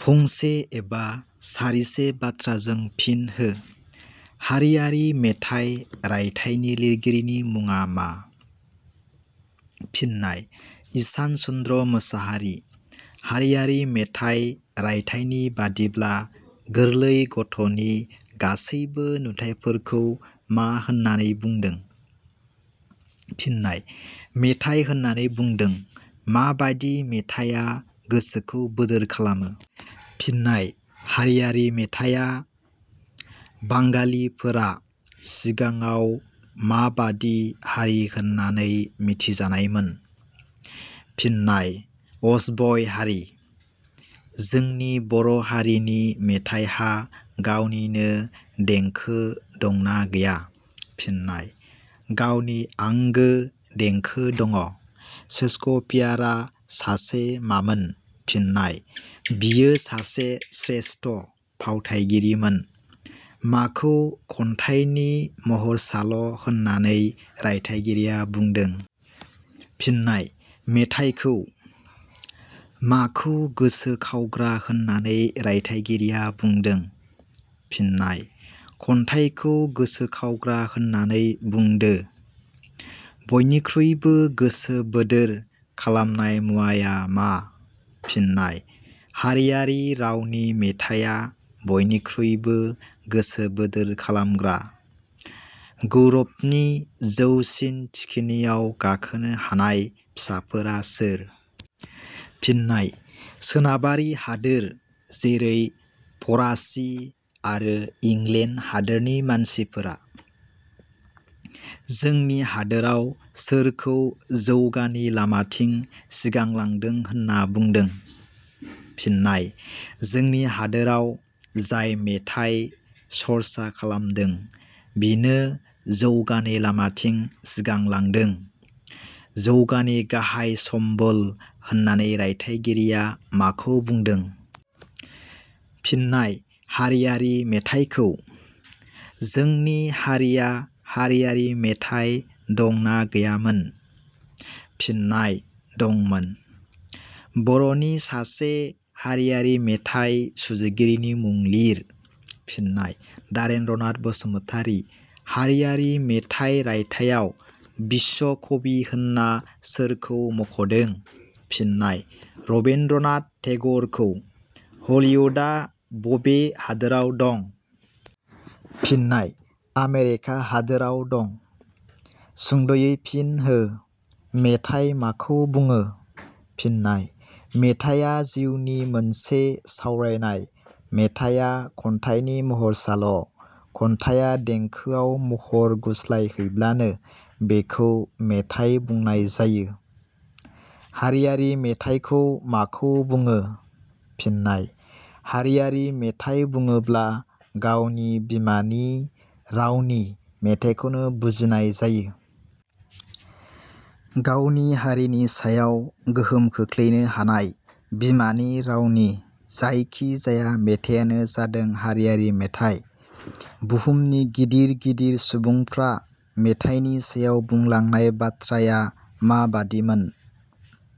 फंसे एबा सारिसे बाथ्राजों फिन हो. हारियारि मेथाइ रायथाइनि लिरगिरिनि मुङा मा? फिननाय:ईशान चन्द्र मोसाहारि।. हारिआरि मेथाइ रायथाइनि बादिब्ला गोरलै गथ'नि गासैबो नुथायफोरखौ मा होननानै बुंदो? फिननाय: मेथाइ होननानै बुंदो।. माबादि मेथाइया गोसोखौ बोदोर खालामो? फिननाय:हारियारि मेथाइया।. बांगालिफोरा सिगाङाव माबादि हारि होननानै मिथिजानायमोन? फिननाय: असभ्य हारि।. जोंनि बर'हारिनि मेथाइहा गावनिनो देंखो दंना गैया। फिननाय:गावनि आंगो देंखो दङ।. सेक्सपियारा सासे मामोन? फिननाय:बियो सासे श्रेष्ट फावथाइगिरिमोन।. माखौ खन्थाइनि महरसाल' होननानै रायथायगिरिया बुंदों? फिननाय: मेथाइखौ।. माखौ गोसो खावग्रा होननानै रायथायगिरिया बुंदों? फिननाय: खन्थाइखौ गोसो खावग्रा होननानै बुंदो।. बयनिख्रुइबो गोसो बोदोर खालामनाय मुवाया मा? फिननाय:हारियारि रावनि मेथाइया बयनिख्रुयबो गोसो बोदोर खालामग्रा।. गौरबनि जौसिन थिखिनियाव गाखोनो हानाय फिसाफोरा सोर? फिननाय:सोनाबारि हादोर जेरै - फरासि आरो इंलेण्ड हादरनि मानसिफोरा। जोंनि हादराव सोरखौ जौगानि लामाथिं सिगांलांदों होनना बुंदों? फिननाय:-जोंनि हादराव जाय मेथाइ सर्सा खालामदों बिनो जौगानि लामाथिं सिगांलांदों। जौगानि गाहाइ सम्बल होननानै रायथायगिरिया माखौ बुंदों? फिननाय:हारियारि मेथाइखौ। जोंनि हारिया हारियारि मेथाइ दंना गैयामोन? फिननाय:दंमोन। बर'नि सासे हारियारि मेथाइ सुजुगिरिनि मुं लिर? फिननाय:दारेन्द्र नाथ बसुमतारि। हारियारि मेथाइ रायथाइयाव बिस्व कवि होनना सोरखौ मख'दों? फिननाय:रबिन्द्र नाथ टेगरखौ। हलिउडआ बबे हादराव दं? फिननाय:आमेरिका हादराव दं। सुंदयै फिन हो मेथाइ माखौ बुङो? फिननाय: मेथाइया जिउनि मोनसे सावरायनाय। मेथाइया खन्थाइनि महरसाल'। खन्थाइया देंखोआव महर गुस्लायहैब्लानो बेखौ मेथाइ बुंनाय जायो। हारियारि मेथाइखौ माखौ बुङो? फिननाय:हारियारि मेथाइ बुङोब्ला गावनि बिमानि रावनि मेथाइखौनो बुजिनाय जायो। गावनि हारिनि सायाव गोहोम खोख्लैनो हानाय बिमानि रावनि जायखि जाया मेथाइयानो जादों हारियारि मेथाइ। बुहुमनि गिदिर गिदिर सुबुंफ्रा मेथाइनि सायाव बुंलांनाय बाथ्राया माबादिमोन?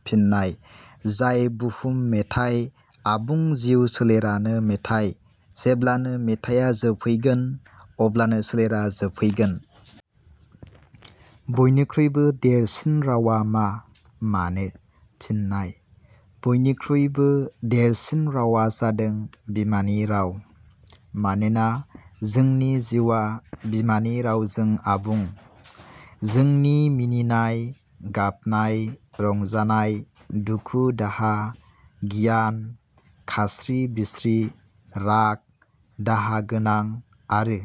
फिननाय:जाय बुहुम मेथाइ आबुं जिउ सोलेरानो मेथाइ। जेब्लानो मेथाइया जोबहैगोन अब्लानो सोलेरा जोबहैगोन। बयनिख्रुइबो देरसिन रावआ मा? मानो? फिननाय: बयनिख्रुइबो देरसिन रावआ जादों बिमानि राव। मानोना जोंनि जिउआ बिमानि रावजों आबुं। जोंनि मिनिनाय, गाबनाय, रंजानाय, दुखु-दाहा, गियान, खास्रि-बिस्रि, राग, दाहा गोनां आरो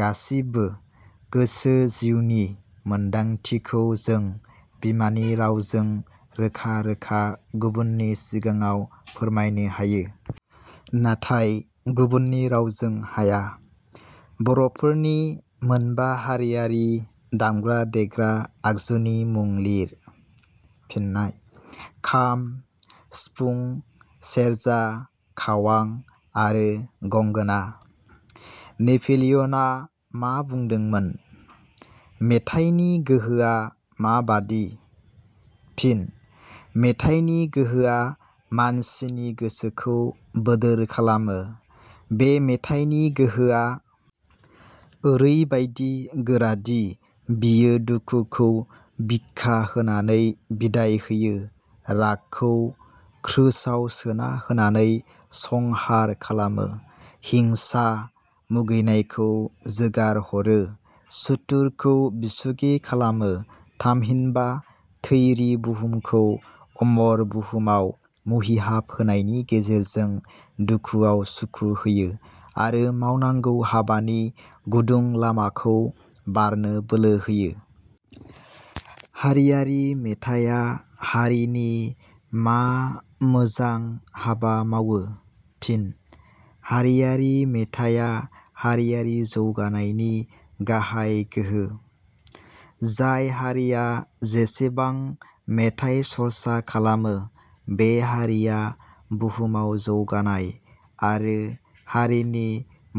गासिबो गोसो जिउनि मोन्दांथिखौ जों बिमानि रावजों रोखा-रोखा गुबुननि सिगाङाव फोरमायनो हायो। नाथाय गुबुननि रावजों हाया। बर'फोरनि मोनबा हारियारि दामग्रा देग्रा आगजुनि मुं लिर? फिननाय:खाम, सिफुं, सेरजा, खावां आरो गंग'ना। नेपलिय 'नआ मा बुंदोंमोन? मेथाइनि गोहोआ माबादि? फिन: मेथाइनि गोहोआ मानसिनि गोसोखौ बोदोर खालामो। बे मेथाइनि गोहोआ ओरैबायदि गोरादि बेयो दुखुखौ भिखा होनानै बिदाय होयो, रागखौ क्रोसआव सोना होनानै संहार खालामो, हिंसा, मुगैनायखौ जोगार ह 'रो, सुथुरखौ बिसुखे खालामो थामहिनबा थैरि बुहुमखौ अमर बुहुमआव मुहिहाब होनायनि गेजेरजों दुखुआव सुखु होयो आरो मावनांगौ हाबानि गुदुं लामाखौ बारनो बोलो होयो। हारियारि मेथाइया हारिनि मा मोजां हाबा मावो? फिन: हारियारि मेथाइया हारियारि जौगानायनि गाहाय गोहो। जाय हारिया जेसेबां मेथाइ सर्सा खालामो बे हारिया बुहुमाव जौगानाय आरो हारिनि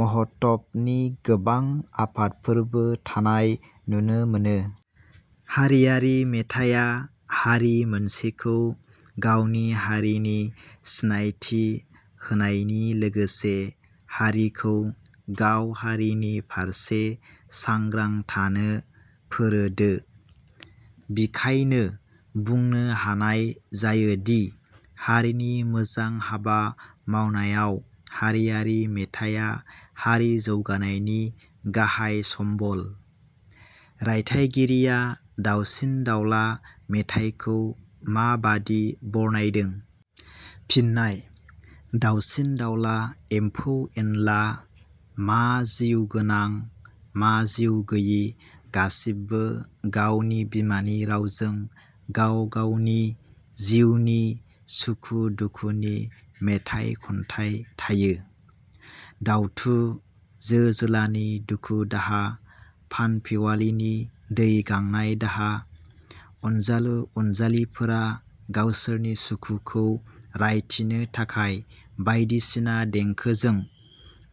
महत्वनि गोबां आफादफोरबो थानाय नुनो मोनो। हारियारि मेथाइया हारि मोनसेखौ गावनि हारिनि सिनायथि होनायनि लोगोसे हारिखौ गाव हारिनि फारसे सांग्रां थानो फोरोडो। बिखायनो बुंनो हानाय जायोदि हारिनि मोजां हाबा मावनायाव हारियारि मेथाइया हारि जौगानायनि गाहाय "सम्बल"। रायथाइगिरिया दावसिन-दावला मेथाइखौ माबादि बरनायदों? फिननाय:दाउसिन-दाउला, एमफौ-एनला, मा जिउ गोनां, मा जिउ गैयि गासिबो गावनि बिमानि रावजों गाव गावनि जिउनि सुखु दुखुनि मेथाइ खन्थाइ थायो। दाउथु, जो-जोलानि दुखु दाहा फानफिवालिनि दै गांनाय दाहा, अनजालु अनजालिफोरा गावसोरनि सुखुखौ रायथिनो थाखाय बायदिसिना देंखोजों,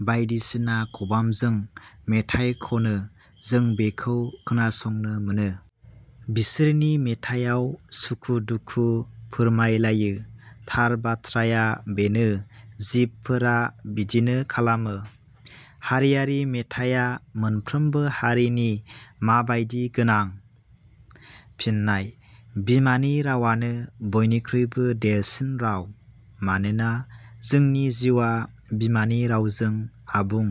बायदिसिना खबामजों मेथाइ खनो जों बेखौ खोनासंनो मोनो। बिसोरनि मेथाइयाव सुखु दुखु फोरमाय लायो। थार बाथ्राया बेनो जिबफोरा बिदिनो खालामो। हारियारि मेथाइया मोनफ्रोमबो हारिनि माबादि गोनां? फिननाय:बिमानि रावानो बयनिख्रुइ देरसिन राव। मानोना जोंनि जिउआ बिमानि रावजों आबुं।